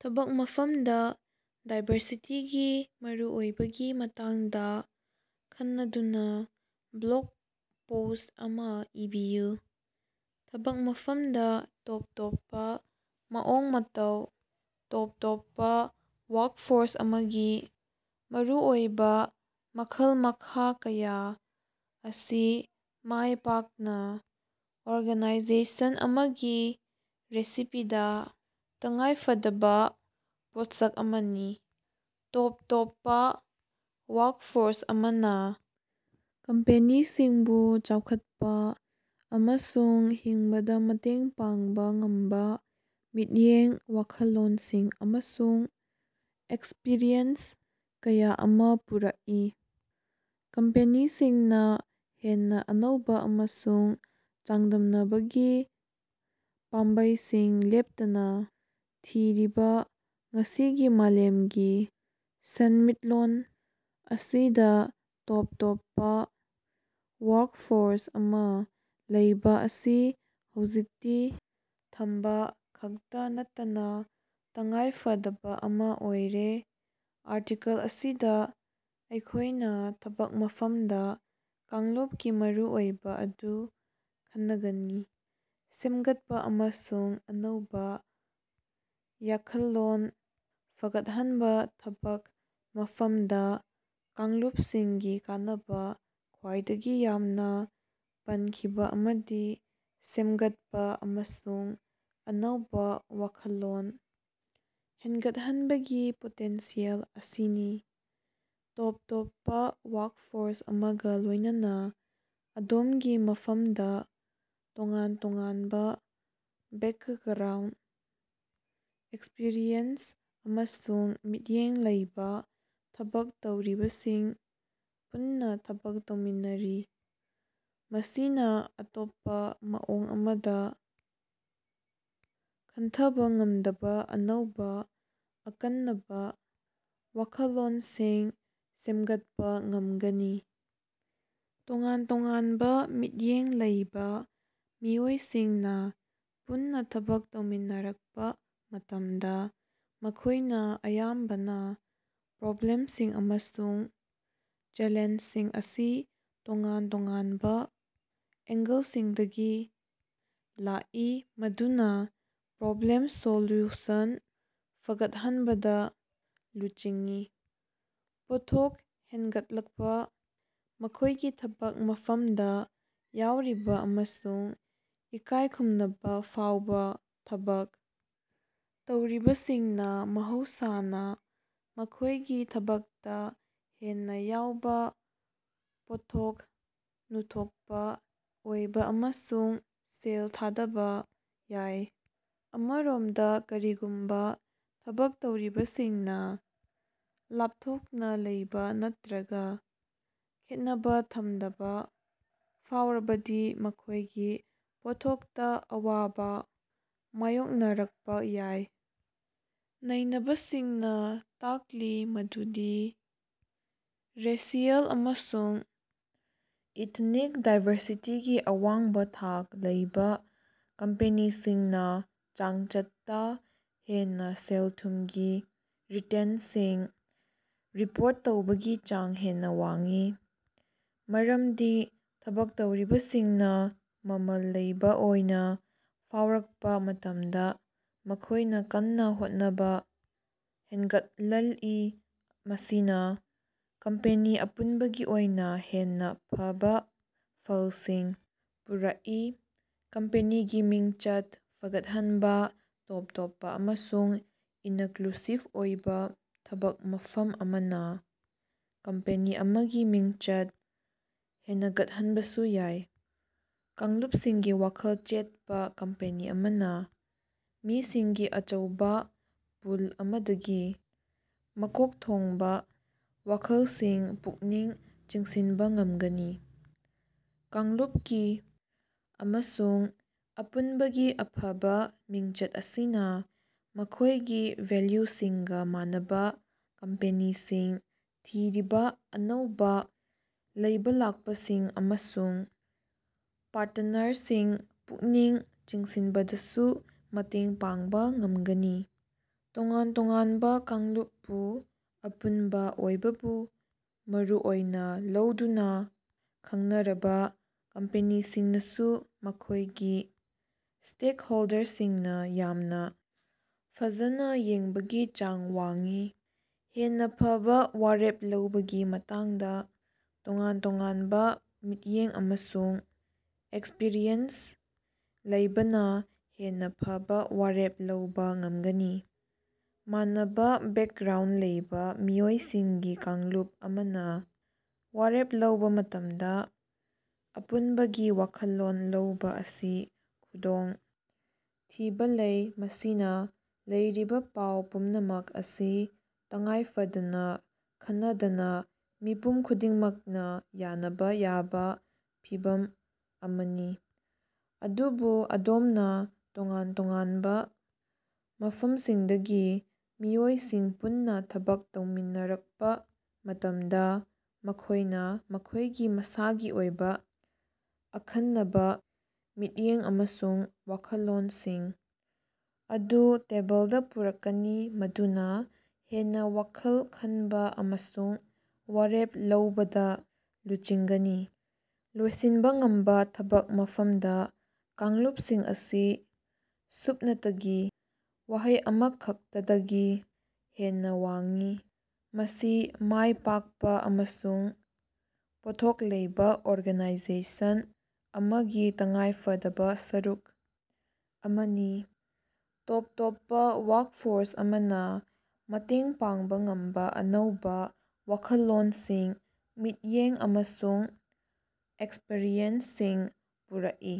ꯊꯕꯛ ꯃꯐꯝꯗ ꯗꯥꯏꯕꯔꯁꯤꯇꯤꯒꯤ ꯃꯔꯨꯑꯣꯏꯕꯒꯤ ꯃꯇꯥꯡꯗꯥ ꯈꯟꯅꯗꯨꯅꯥ ꯕ꯭ꯂꯣꯒ ꯄꯣꯁ꯭ꯠ ꯑꯃꯥ ꯏꯕꯤꯌꯨ꯫ ꯊꯕꯛ ꯃꯐꯝꯗ ꯇꯣꯞ ꯇꯣꯞꯄ ꯃꯑꯣꯡ-ꯃꯇꯧ ꯇꯣꯞ-ꯇꯣꯞꯄ ꯋꯥꯔꯀꯐꯣꯔꯁ ꯑꯃꯒꯤ ꯃꯔꯨꯑꯣꯏꯕꯥ ꯃꯈꯜ-ꯃꯈꯥ ꯀꯌꯥ ꯑꯁꯤ ꯃꯥꯢꯄꯥꯛꯅ ꯑꯣꯔꯒꯥꯅꯥꯏꯖꯦꯁꯟ ꯑꯃꯒꯤ ꯔꯦꯁꯤꯄꯤꯗꯥ ꯇꯉꯥꯏꯐꯗꯕꯥ ꯄꯣꯠꯁꯛ ꯑꯃꯅꯤ꯫ ꯇꯣꯞ ꯇꯣꯞꯄꯥ ꯋꯥꯔꯀꯐꯣꯔꯁ ꯑꯃꯅꯥ ꯀꯝꯄꯦꯅꯤꯁꯤꯡꯕꯨ ꯆꯥꯎꯈꯠꯄꯥ ꯑꯃꯁꯨꯡ ꯍꯤꯡꯕꯗ ꯃꯇꯦꯡ ꯄꯥꯡꯕ ꯉꯝꯕꯥ ꯃꯤꯠꯌꯦꯡ ꯋꯥꯈꯜꯂꯣꯟꯁꯤꯡ ꯑꯃꯁꯨꯡ ꯑꯦꯛꯁꯄꯔꯤꯌꯦꯟꯁ ꯀꯌꯥ ꯑꯃ ꯄꯨꯔꯛꯏ꯫ ꯀꯝꯄꯦꯅꯤꯁꯤꯡꯅ ꯍꯦꯟꯅ ꯑꯅꯧꯕ ꯑꯃꯁꯨꯡ ꯆꯥꯡꯗꯝꯅꯕꯒꯤ ꯄꯥꯝꯕꯩꯁꯤꯡ ꯂꯦꯞꯇꯅ ꯊꯤꯔꯤꯕ ꯉꯁꯤꯒꯤ ꯃꯥꯂꯦꯝꯒꯤ ꯁꯦꯟꯃꯤꯠꯂꯣꯟ ꯑꯁꯤꯗ ꯇꯣꯞ ꯇꯣꯞꯄ ꯋꯥꯔ꯭ꯀꯐꯣꯔ꯭ꯁ ꯑꯃ ꯂꯩꯕꯥ ꯑꯁꯤ ꯍꯧꯖꯤꯛꯇꯤ ꯊꯝꯕ ꯈꯛꯇ ꯅꯠꯇꯅ ꯇꯉꯥꯏ ꯐꯗꯕ ꯑꯃ ꯑꯣꯏꯔꯦ꯫ ꯑꯥꯔꯇꯤꯀꯜ ꯑꯁꯤꯗ ꯑꯩꯈꯣꯢꯅ ꯊꯕꯛ ꯃꯐꯝꯗ ꯀꯥꯡꯂꯨꯞꯀꯤ ꯃꯔꯨꯑꯣꯏꯕ ꯑꯗꯨ ꯈꯟꯅꯒꯅꯤ꯫ ꯁꯦꯝꯒꯠꯄ ꯑꯃꯁꯨꯡ ꯑꯅꯧꯕ ꯌꯥꯈꯜꯂꯣꯟ ꯐꯒꯠꯍꯟꯕ ꯊꯕꯛ ꯃꯐꯝꯗ ꯀꯥꯡꯂꯨꯞꯁꯤꯡꯒꯤ ꯀꯥꯟꯅꯕ ꯈ꯭ꯋꯥꯏꯗꯒꯤ ꯌꯥꯝꯅ ꯄꯟꯈꯤꯕ ꯑꯃꯗꯤ ꯁꯦꯝꯒꯠꯄ ꯑꯃꯁꯨꯡ ꯑꯅꯧꯕ ꯋꯥꯈꯜꯂꯣꯟ ꯍꯦꯟꯒꯠꯍꯟꯕꯒꯤ ꯄꯣꯇꯦꯟꯁꯤꯌꯦꯜ ꯑꯁꯤꯅꯤ꯫ ꯇꯣꯞ ꯇꯣꯞꯄ ꯋꯥꯔ꯭ꯀꯐꯣꯔ꯭ꯁ ꯑꯃꯒ ꯂꯣꯢꯅꯅ ꯑꯗꯣꯝꯒꯤ ꯃꯐꯝꯗ ꯇꯣꯉꯥꯟ ꯇꯣꯉꯥꯟꯕ ꯕꯦꯀꯒ꯭ꯔꯥꯎꯟꯗ ꯑꯦꯛꯁꯄꯔꯤꯌꯦꯟꯁ ꯑꯃꯁꯨꯡ ꯃꯤꯠꯌꯦꯡ ꯂꯩꯕꯥ ꯊꯕꯛ ꯇꯧꯔꯤꯕꯁꯤꯡ ꯄꯨꯟꯅ ꯊꯕꯛ ꯇꯧꯃꯤꯟꯅꯔꯤ꯫ ꯃꯁꯤꯅꯥ ꯑꯇꯣꯞꯄ ꯃꯑꯣꯡ ꯑꯃꯗ ꯈꯟꯊꯕ ꯉꯝꯗꯕ ꯑꯅꯧꯕ ꯑꯈꯟꯅꯕ ꯋꯥꯈꯜꯂꯣꯟꯁꯤꯡ ꯁꯦꯝꯒꯠꯄ ꯉꯝꯒꯅꯤ꯫ ꯇꯣꯉꯥꯟ-ꯇꯣꯉꯥꯟꯕ ꯃꯤꯠꯌꯦꯡ ꯂꯩꯕ ꯃꯤꯑꯣꯏꯁꯤꯡꯅ ꯄꯨꯟꯅ ꯊꯕꯛ ꯇꯧꯃꯤꯟꯅꯔꯛꯄ ꯃꯇꯝꯗ ꯃꯈꯣꯢꯅ ꯑꯌꯥꯝꯕꯅ ꯄ꯭ꯔꯣꯕ꯭ꯂꯦꯝꯁꯤꯡ ꯑꯃꯁꯨꯡ ꯆꯦꯂꯦꯟꯖꯁꯤꯡ ꯑꯁꯤ ꯇꯣꯉꯥꯟ-ꯇꯣꯉꯥꯟꯕ ꯑꯦꯡꯒꯜꯁꯤꯡꯗꯒꯤ ꯂꯥꯛꯏ ꯃꯗꯨꯅ ꯄ꯭ꯔꯣꯕ꯭ꯂꯦꯝ ꯁꯣꯜꯌꯨꯁꯟ ꯐꯒꯠꯍꯟꯕꯗ ꯂꯨꯆꯤꯡꯏ꯫ ꯄꯣꯠꯊꯣꯛ ꯍꯦꯟꯒꯠꯂꯛꯄ ꯃꯈꯣꯢꯒꯤ ꯊꯕꯛ ꯃꯐꯝꯗ ꯌꯥꯎꯔꯤꯕ ꯑꯃꯁꯨꯡ ꯏꯀꯥꯏ ꯈꯨꯝꯅꯕ ꯐꯥꯎꯕ ꯊꯕꯛ ꯇꯧꯔꯤꯕꯁꯤꯡꯅ ꯃꯍꯧꯁꯥꯅ ꯃꯈꯣꯢꯒꯤ ꯊꯕꯛꯇ ꯍꯦꯟꯅ ꯌꯥꯎꯕ ꯄꯣꯠꯊꯣꯛ ꯅꯨꯊꯣꯛꯄ ꯑꯣꯏꯕ ꯑꯃꯁꯨꯡ ꯁꯦꯜ ꯊꯥꯗꯕ ꯌꯥꯏ꯫ ꯑꯃꯔꯣꯝꯗ ꯀꯔꯤꯒꯨꯝꯕ ꯊꯕꯛ ꯇꯧꯔꯤꯕꯁꯤꯡꯅ ꯂꯥꯞꯊꯣꯛꯅ ꯂꯩꯕ ꯅꯠꯇ꯭ꯔꯒ ꯈꯦꯠꯅꯕ ꯊꯝꯗꯕ ꯐꯥꯎꯔꯕꯗꯤ ꯃꯈꯣꯢꯒꯤ ꯄꯣꯠꯊꯣꯛꯇ ꯑꯋꯥꯕꯥ ꯃꯥꯌꯣꯛꯅꯔꯛꯄ ꯌꯥꯏ꯫ ꯅꯩꯅꯕꯁꯤꯡꯅ ꯇꯥꯛꯂꯤ ꯃꯗꯨꯗꯤ ꯔꯦꯁꯤꯑꯦꯜ ꯑꯃꯁꯨꯡ ꯏꯊꯅꯤꯛ ꯗꯥꯏꯕꯔꯁꯤꯇꯤꯒꯤ ꯑꯋꯥꯡꯕꯥ ꯊꯥꯛ ꯂꯩꯕꯥ ꯀꯝꯄꯦꯅꯤꯁꯤꯡꯅꯥ ꯆꯥꯡꯆꯠꯇꯥ ꯍꯦꯟꯅꯥ ꯁꯦꯜ-ꯊꯨꯝꯒꯤ ꯔꯤꯇꯦꯟꯇꯁꯤꯡ ꯔꯤꯄꯣꯔꯠ ꯇꯧꯕꯒꯤ ꯆꯥꯡ ꯍꯦꯟꯅ ꯋꯥꯡꯏ꯫ ꯃꯔꯝꯗꯤ ꯊꯕꯛꯇꯧꯔꯤꯕꯁꯤꯡꯅ ꯃꯃꯜ ꯂꯩꯕ ꯑꯣꯏꯅ ꯐꯥꯎꯔꯛꯄ ꯃꯇꯝꯗ ꯃꯈꯣꯢꯅ ꯀꯟꯅ ꯍꯣꯠꯅꯕ ꯍꯦꯟꯒꯠꯂꯜꯏ ꯃꯁꯤꯅ ꯀꯝꯄꯦꯅꯤ ꯑꯄꯨꯟꯕꯒꯤ ꯑꯣꯏꯅ ꯍꯦꯟꯅ ꯐꯕ ꯐꯜꯁꯤꯡ ꯄꯨꯔꯛꯏ꯫ ꯀꯝꯄꯦꯅꯤꯒꯤ ꯃꯤꯡꯆꯠ ꯐꯒꯠꯍꯟꯕꯥ ꯇꯣꯞ ꯇꯣꯞꯄ ꯑꯃꯁꯨꯡ ꯏꯅꯀ꯭ꯂꯨꯁꯤꯕ ꯑꯣꯏꯕ ꯊꯕꯛ ꯃꯐꯝ ꯑꯃꯅ ꯀꯝꯄꯦꯅꯤ ꯑꯃꯒꯤ ꯃꯤꯡꯆꯠ ꯍꯦꯅꯒꯠꯍꯟꯕꯁꯨ ꯌꯥꯏ꯫ ꯀꯥꯡꯂꯨꯞꯁꯤꯡꯒꯤ ꯋꯥꯈꯜ ꯆꯦꯠꯄ ꯀꯝꯄꯦꯅꯤ ꯑꯃꯅ ꯃꯤꯁꯤꯡꯒꯤ ꯑꯆꯧꯕꯥ ꯄꯨꯜ ꯑꯃꯗꯒꯤ ꯃꯀꯣꯛ ꯊꯣꯡꯕ ꯋꯥꯈꯜꯁꯤꯡ ꯄꯨꯛꯅꯤꯡ ꯆꯤꯡꯁꯤꯟꯕ ꯉꯝꯒꯅꯤ꯫ ꯀꯥꯡꯂꯨꯞꯀꯤ ꯑꯃꯁꯨꯡ ꯑꯄꯨꯟꯕꯒꯤ ꯑꯐꯕ ꯃꯤꯡꯆꯠ ꯑꯁꯤꯅ ꯃꯈꯣꯢꯒꯤ ꯚꯦꯜꯌꯨꯁꯤꯡꯒ ꯃꯥꯟꯅꯕ ꯀꯝꯄꯦꯅꯤꯁꯤꯡ ꯊꯤꯔꯤꯕꯥ ꯑꯅꯧꯕꯥ ꯂꯩꯕꯂꯥꯛꯄꯁꯤꯡ ꯑꯃꯁꯨꯡ ꯄꯥꯔꯇꯅꯔꯁꯤꯡ ꯄꯨꯛꯅꯤꯡ ꯆꯤꯡꯁꯤꯟꯕꯗꯁꯨ ꯃꯇꯦꯡ ꯄꯥꯡꯕ ꯉꯝꯒꯅꯤ꯫ ꯇꯣꯉꯥꯟ ꯇꯣꯉꯥꯟꯕ ꯀꯥꯡꯂꯨꯞ ꯄꯨ ꯑꯄꯨꯟꯕ ꯑꯣꯏꯕꯕꯨ ꯃꯔꯨ ꯑꯣꯏꯅꯥ ꯂꯧꯗꯨꯅꯥ ꯈꯪꯅꯔꯕ ꯀꯝꯄꯦꯅꯤꯁꯤꯡꯅꯁꯨ ꯃꯈꯣꯢꯒꯤ ꯁ꯭ꯇꯦꯛꯍꯣꯜꯗꯔꯁꯤꯡꯅ ꯌꯥꯝꯅ ꯐꯖꯅ ꯌꯦꯡꯕꯒꯤ ꯆꯥꯡ ꯋꯥꯡꯏ꯫ ꯍꯦꯟꯅ ꯐꯕ ꯋꯥꯔꯦꯞ ꯂꯧꯕꯒꯤ ꯃꯇꯥꯡꯗ ꯇꯣꯉꯥꯟ-ꯇꯣꯉꯥꯟꯕ ꯃꯤꯠꯌꯦꯡ ꯑꯃꯁꯨꯡ ꯑꯦꯛꯁꯄꯔꯤꯌꯦꯟꯁ ꯂꯩꯕꯅ ꯍꯦꯟꯅ ꯐꯕ ꯋꯥꯔꯦꯞ ꯂꯧꯕꯥ ꯉꯝꯒꯅꯤ꯫ ꯃꯥꯟꯅꯕ ꯕꯦꯀꯒ꯭ꯔꯥꯎꯟꯗ ꯂꯩꯕ ꯃꯤꯑꯣꯏꯁꯤꯡꯒꯤ ꯀꯥꯡꯂꯨꯞ ꯑꯃꯅ ꯋꯥꯔꯦꯞ ꯂꯧꯕꯥ ꯃꯇꯝꯗ ꯑꯄꯨꯟꯕꯒꯤ ꯋꯥꯈꯜꯂꯣꯟ ꯂꯧꯕ ꯑꯁꯤ ꯈꯨꯗꯣꯡ ꯊꯤꯕ ꯂꯩ ꯃꯁꯤꯅ ꯂꯩꯔꯤꯕ ꯄꯥꯎ ꯄꯨꯝꯅꯃꯛ ꯑꯁꯤ ꯇꯉꯥꯏꯐꯗꯅ ꯈꯟꯅꯗꯅ ꯃꯤꯄꯨꯝ ꯈꯨꯗꯤꯡꯃꯛꯅ ꯌꯥꯅꯕ ꯌꯥꯕ ꯐꯤꯚꯝ ꯑꯃꯅꯤ꯫ ꯑꯗꯨꯕꯨ ꯑꯗꯣꯝꯅ ꯇꯣꯉꯥꯟ ꯇꯣꯉꯥꯟꯕ ꯃꯐꯝꯁꯤꯡꯗꯒꯤ ꯃꯤꯑꯣꯏꯁꯤꯡ ꯄꯨꯟꯅꯥ ꯊꯕꯛ ꯇꯧꯃꯤꯟꯅꯔꯛꯄ ꯃꯇꯝꯗ ꯃꯈꯣꯢꯅ ꯃꯈꯣꯢꯒꯤ ꯃꯁꯥꯒꯤ ꯑꯣꯏꯕ ꯑꯈꯟꯅꯕ ꯃꯤꯠꯌꯦꯡ ꯑꯃꯁꯨꯡ ꯋꯥꯈꯜꯂꯣꯟꯁꯤꯡ ꯑꯗꯨ ꯇꯦꯕꯜꯗ ꯄꯨꯔꯛꯀꯅꯤ ꯃꯗꯨꯅ ꯍꯦꯟꯅ ꯋꯥꯈꯜ ꯈꯟꯕ ꯑꯃꯁꯨꯡ ꯋꯥꯔꯦꯞ ꯂꯧꯕꯗ ꯂꯨꯆꯤꯡꯒꯅꯤ꯫ ꯂꯣꯏꯁꯤꯟꯕ ꯉꯝꯕ ꯊꯕꯛ ꯃꯐꯝꯗ ꯀꯥꯡꯂꯨꯞꯁꯤꯡ ꯑꯁꯤ ꯁꯨꯞꯅꯇꯒꯤ ꯋꯥꯍꯩ ꯑꯃꯈꯛꯇꯗꯒꯤ ꯍꯦꯟꯅ ꯋꯥꯡꯏ꯫ ꯃꯁꯤ ꯃꯥꯢ ꯄꯥꯛꯄ ꯑꯃꯁꯨꯡ ꯄꯣꯠꯊꯣꯛ ꯂꯩꯕꯥ ꯑꯣꯔꯒꯅꯥꯏꯖꯦꯁꯟ ꯑꯃꯒꯤ ꯇꯉꯥꯏ ꯐꯗꯕ ꯁꯔꯨꯛ ꯑꯃꯅꯤ꯫ ꯇꯣꯞ ꯇꯣꯞꯄ ꯋꯥꯔ꯭ꯀꯐꯣꯔ꯭ꯁ ꯑꯃꯅ ꯃꯇꯦꯡ ꯄꯥꯡꯕ ꯉꯝꯕ ꯑꯅꯧꯕ ꯋꯥꯈꯜꯂꯣꯟꯁꯤꯡ ꯃꯤꯠꯌꯦꯡ ꯑꯃꯁꯨꯡ ꯑꯦꯛꯁꯄꯔꯤꯌꯦꯟꯁꯁꯤꯡ ꯄꯨꯔꯛꯏ꯫